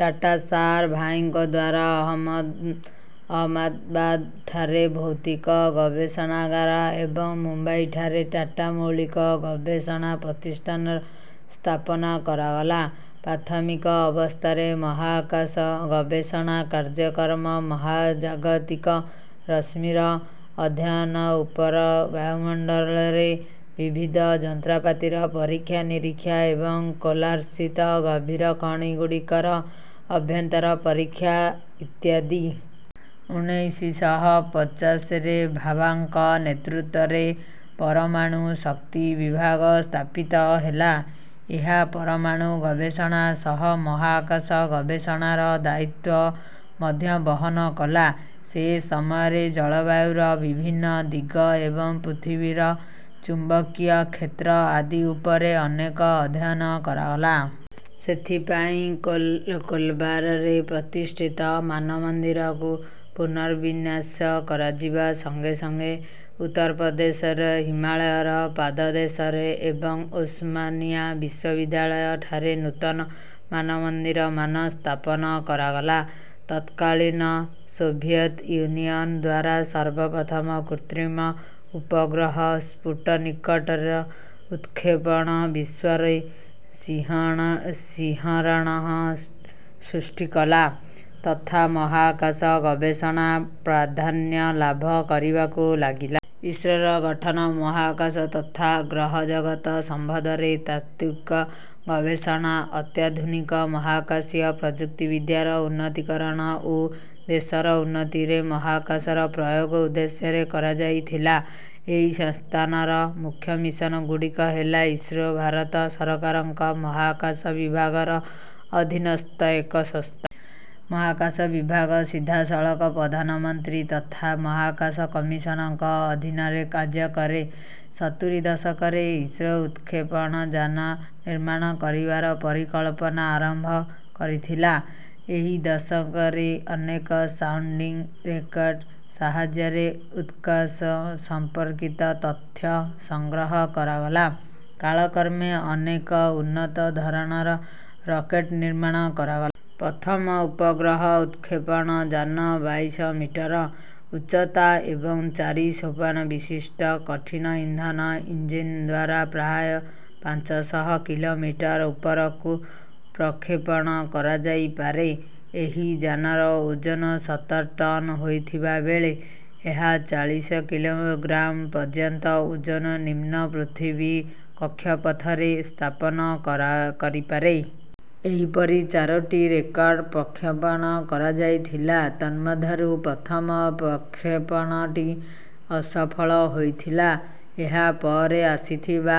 ଡାଃ. ସାରା ଭାଇଙ୍କଦ୍ୱାରା ଅହମଦାବାଦଠାରେ ଭୌତିକ ଗବେଷଣାଗାର ଏବଂ ମୁମ୍ବାଇଠାରେ ଟାଟା ମୌଳିକ ଗବେଷଣା ପ୍ରତିଷ୍ଠାନର ସ୍ଥାପନା କରାଗଲା। ପ୍ରାଥମିକ ଅବସ୍ଥାରେ ମହାକାଶ ଗବେଷଣା କାର୍ଯକ୍ରମ ମହାଜାଗତିକ ରଶ୍ମିର ଅଧ୍ୟୟନ ଉପର ବାୟୁମଣ୍ଡଳରେ ବିବିଧ ଯନ୍ତ୍ରପାତିର ପରୀକ୍ଷା ନିରୀକ୍ଷା ଏବଂ କୋଲାରସ୍ଥିତ ଗଭୀର ଖଣି ଗୁଡିକର ଅଭ୍ୟନ୍ତର ପରିକ୍ଷା ଇତ୍ୟାଦି। ଉଣେଇଶ ଶହ ପଚାଶରେ ଭାଭାଙ୍କ ନେତୃତ୍ୱରେ ପରମାଣୁ ଶକ୍ତି ବିଭାଗ ସ୍ଥାପିତ ହେଲା। ଏହା ପରମାଣୁ ଗବେଷଣା ସହ ମହାକାଶ ଗବେଷଣାର ଦାୟିତ୍ୱ ମଧ୍ୟ ବହନ କଲା। ସେ ସମୟରେ ଜଳବାୟୁର ବିଭିନ୍ନ ଦିଗ ଏବଂ ପୃଥିବୀର ଚୁମ୍ବକୀୟ କ୍ଷେତ୍ର ଆଦି ଉପରେ ଅନେକ ଅଧ୍ୟୟନ କରାଗଲା। ସେଥିପାଇଁ କୋଲବାରରେ ପ୍ରତିଷ୍ଠିତ ମାନମନ୍ଦିରକୁ ପୁର୍ନ ବିନ୍ୟାସ କରାଯିବା ସଙ୍ଗେ ସଙ୍ଗେ ଉତ୍ତରପ୍ରଦେଶରେ ହିମାଳୟର ପାଦଦେଶରେ ଏବଂ ଓସମାନିଆ ବିଶ୍ୱବିଦ୍ୟାଳୟ ଠାରେ ନୂତନ ମାନମନ୍ଦିରମାନ ସ୍ଥାପନ କରାଗଲା। ତତ୍କାଳୀନ ସୋଭିଏତ୍ ୟୁନିୟନ୍ ଦ୍ୱାରା ସର୍ବପ୍ରଥମ କୃତ୍ରିମ ଉପଗ୍ରହ ସ୍ଫୁଟନିକର ଉତକ୍ଷେପଣ ବିଶ୍ୱରେ ଶିହରଣ ସୃଷ୍ଠିକଲା ତଥା ମହାକାଶ ଗବେଷଣା ପ୍ରାଧାନ୍ୟଲାଭ କରିବାକୁ ଲାଗିଲା। ଇସ୍ରୋର ଗଠନ ମହାକାଶ ତଥା ଗ୍ରହଜଗତ ସମ୍ବନ୍ଧରେ ତାତ୍ତ୍ୱିକ ଗବେଷଣା ଅତ୍ୟାଧୁନିକ ମହାକାଶୀୟ ପ୍ରଯୁକ୍ତି ବିଦ୍ୟାର ଉନ୍ନତିକରଣ ଓ ଦେଶର ଉନ୍ନତିରେ ମହାକାଶର ପ୍ରୟୋଗ ଉଦ୍ଦେଶ୍ୟରେ କରାଯାଇଥିଲା। ଏହି ସଂସ୍ଥାନର ମୁଖ୍ୟ ମିଶନ୍ ଗୁଡିକ ହେଲା ଇସ୍ରୋ ଭାରତ ସରକାରଙ୍କ ମହାକାଶ ବିଭାଗ ର ଅଧିନସ୍ଥ ଏକ ସଂସ୍ଥା। ମହାକାଶ ବିଭାଗ ସିଧାସଳଖ ପ୍ରଧାନମନ୍ତ୍ରୀ ତଥା ମହାକାଶ କମିଶନଙ୍କ ଅଧୀନରେ କାର୍ଯ୍ୟକରେ। ସତୁରି ଦଶକରେ ଇସ୍ରୋ ଉତକ୍ଷେପଣଯାନ ନିର୍ମାଣ କରିବାର ପରିକଳ୍ପନା ଆରମ୍ଭ କରିଥିଲା। ଏହି ଦଶକରେ ଅନେକ ସାଉଣ୍ଡିଂ ରକେଟ୍ ସାହାଯ୍ୟରେ ଉର୍ଦ୍ଧ୍ୱାକାଶ ସଂମ୍ପର୍କିତ ତଥ୍ୟ ସଂଗ୍ରହ କରାଗଲା। କାଳକ୍ରମେ ଅନେକ ଉନ୍ନତ ଧରଣର ରକେଟ୍ ର୍ନିମାଣ କରାଗଲା। ପ୍ରଥମ ଉପଗ୍ରହ ଉତ୍‌କ୍ଷେପଣ ଯାନ ବାଇଶ ମିଟର ଉଚ୍ଚତା ଏବଂ ଚାରି ସୋପନ ବିଶିଷ୍ଟ କଠିନ ଇନ୍ଧନ ଇଞ୍ଜିନଦ୍ୱାରା ପ୍ରାୟ ପାଞ୍ଚ ଶହ କିଲୋମିଟର ଉପରକୁ ପ୍ରକ୍ଷେପଣ କରଯାଇପାରେ। ଏହି ଯାନର ଓଜନ ସତର ଟନ୍ ହୋଇଥିବା ବେଳେ ଏହା ଚାଳିଶ କିଲୋଗ୍ରାମ ପର୍ଯ୍ୟନ୍ତ ଓଜନ ନିମ୍ନ ପୃଥିବୀ କକ୍ଷପଥ ରେ ସ୍ଥାପନ କରିପାରେ। ଏହିପରି ଚାରୋଟି ରକେଟ୍ ପ୍ରକ୍ଷେପଣ କରଯାଇଥିଲା ତନ୍ମଧ୍ୟରୁ ପ୍ରଥମ ପ୍ରକ୍ଷେପଣଟି ଅସଫଳ ହୋଇଥିଲା। ଏହା ପରେ ଆସିଥିବା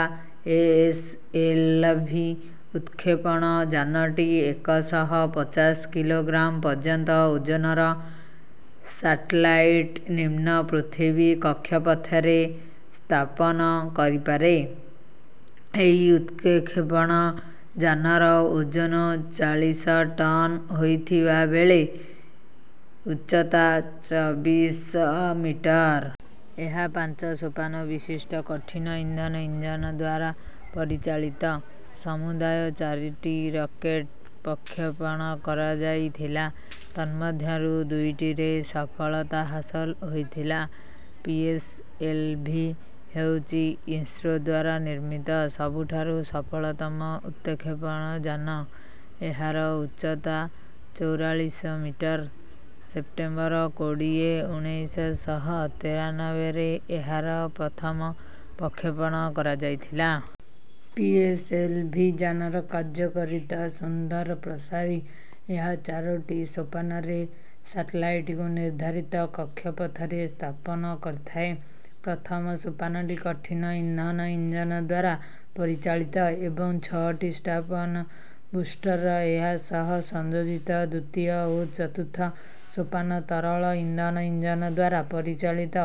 ଏଏସଏଲଭି ଉତକ୍ଷେପଣ ଯାନଟି ଏକ ଶହ ପଚାଶ କିଲୋଗ୍ରାମ ପର୍ଯ୍ୟନ୍ତ ଓଜନର ସାଟେଲାଇଟ୍ ନିମ୍ନ ପୃଥିବୀ କକ୍ଷପଥରେ ସ୍ଥାପନ କରିପାରେ। ଏହି ଉତକ୍ଷେପଣ ଯାନର ଓଜନ ଚାଳିଶ ଟନ ହୋଇଥିବବେଳେ ଉଚ୍ଚତା ଚବିଶ ମିଟର। ଏହା ପାଞ୍ଚ ସୋପନ ବିଶିଷ୍ଟ କଠିନ ଇନ୍ଧନ ଇଞ୍ଜିନ ଦ୍ୱାରା ପରିଚାଳିତ। ସମୁଦାୟ ଚାରୋଟି ରକେଟ୍ ପ୍ରକ୍ଷେପଣ କରଯାଇଥିଲା ତନ୍ମଧ୍ୟରୁ ଦୁଇଟିରେ ସଫଳତା ହାସଲ ହୋଇଥିଲା। ପିଏସଏଲଭି ହେଉଛି ଇସ୍ରୋ ଦ୍ୱାରା ନିର୍ମିତ ସବୁଠାରୁ ସଫଳତମ ଉତକ୍ଷେପଣଯାନ। ଏହାର ଉଚ୍ଚତା ଚଉରାଳିଶ ମିଟର। ସେପ୍ଟେମ୍ବର କୋଡ଼ିଏ ଉଣେଇଶ ଶହ ତେରାନବେରେ ଏହାର ପ୍ରଥମ ପ୍ରକ୍ଷେପଣ କରାଯାଇଥିଲା। ପିଏସଏଲଭି ଯାନର କର୍ଯ୍ୟକରିତ ସୁଦୂର ପ୍ରସାରୀ। ଏହା ଚାରୋଟି ସୋପନରେ ସାଟେଲାଇଟକୁ ନିର୍ଦ୍ଧାରିତ କକ୍ଷପଥରେ ସ୍ଥାପନ କରିଥାଏ। ପ୍ରଥମ ସୋପାନଟି କଠିନ ଇନ୍ଧନ ଇଞ୍ଜିନଦ୍ୱାରା ପରିଚାଳିତ ଏବଂ ଛଅଟି ଷ୍ଟ୍ରାପ୍ଅନ ବୁଷ୍ଟର୍ ଏହା ସହ ସଂଯୋଜିତ। ଦ୍ଵିତୀୟ ଓ ଚତୁର୍ଥ ସୋପାନ ତରଳ ଇନ୍ଧନ ଇଞ୍ଜିନଦ୍ୱାରା ପରିଚାଳିତ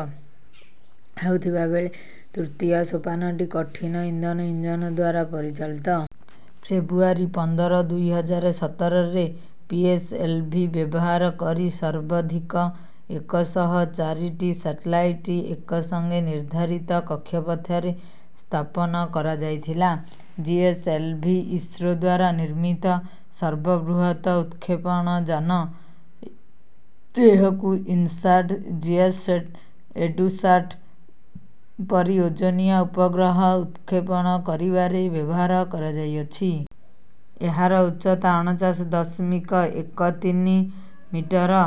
ହେଉଥିବବେଳେ ତୃତୀୟ ସୋପାନଟି କଠିନ ଇନ୍ଧନ ଇଞ୍ଜିନଦ୍ୱାରା ପରିଚାଳିତ। ଫେବୃୟାରୀ ପନ୍ଦର ଦୁଇ ହଜାର ସତରରେ ପିଏସଏଲଭି ବ୍ୟବହାର କରି ସର୍ବଧିକ ଏକ ଶହ ଚାରିଟି ସାଟେଲାଇଟ୍ ଏକସଙ୍ଗେ ନିର୍ଦ୍ଧାରିତ କକ୍ଷପଥରେ ସ୍ଥାପନ କରାଯାଇଥିଲା। ଜିଏସଏଲଭି ଇସ୍ରୋ ଦ୍ୱାରା ନିର୍ମିତ ସର୍ବବୃହତ ଉତକ୍ଷେପଣଯାନ। ଏହକୁ ଇନସାଟ୍, ଜିସାଟ୍ ,ଏଡୁସାଟ୍ ପରି ଓଜନିଆ ଉପଗ୍ରହ ଉତକ୍ଷେପଣ କରିବାରେ ବ୍ୟବହାର କରାଯାଇଅଛି। ଏହାର ଉଚ୍ଚତା ଅଣଚାଶ ଦଶମିକ ଏକ ତିନି ମିଟର।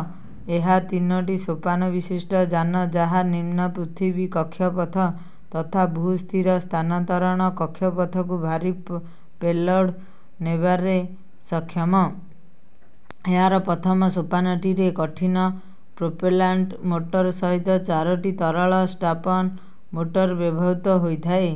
ଏହା ତିନୋଟି ସୋପାନ ବିଶିଷ୍ଟ ଯାନ, ଯାହା ନିମ୍ନ ପୃଥିବୀ କକ୍ଷପଥ ତଥା ଭୂ-ସ୍ଥିର ସ୍ଥାନାନ୍ତରଣ କକ୍ଷପଥକୁ ଭାରୀ ପେଲୋଡ୍ ନେବାରେ ସକ୍ଷମ। ଏହାର ପ୍ରଥମ ସୋପାନଟିରେ କଠିନ ପ୍ରୋପେଲାଣ୍ଟ୍ ମୋଟର ସହିତ ଚାରୋଟି ତରଳ ଷ୍ଟ୍ରାପ୍-ଅନ୍ ମୋଟର ବ୍ୟବହୃତ ହୋଇଥାଏ।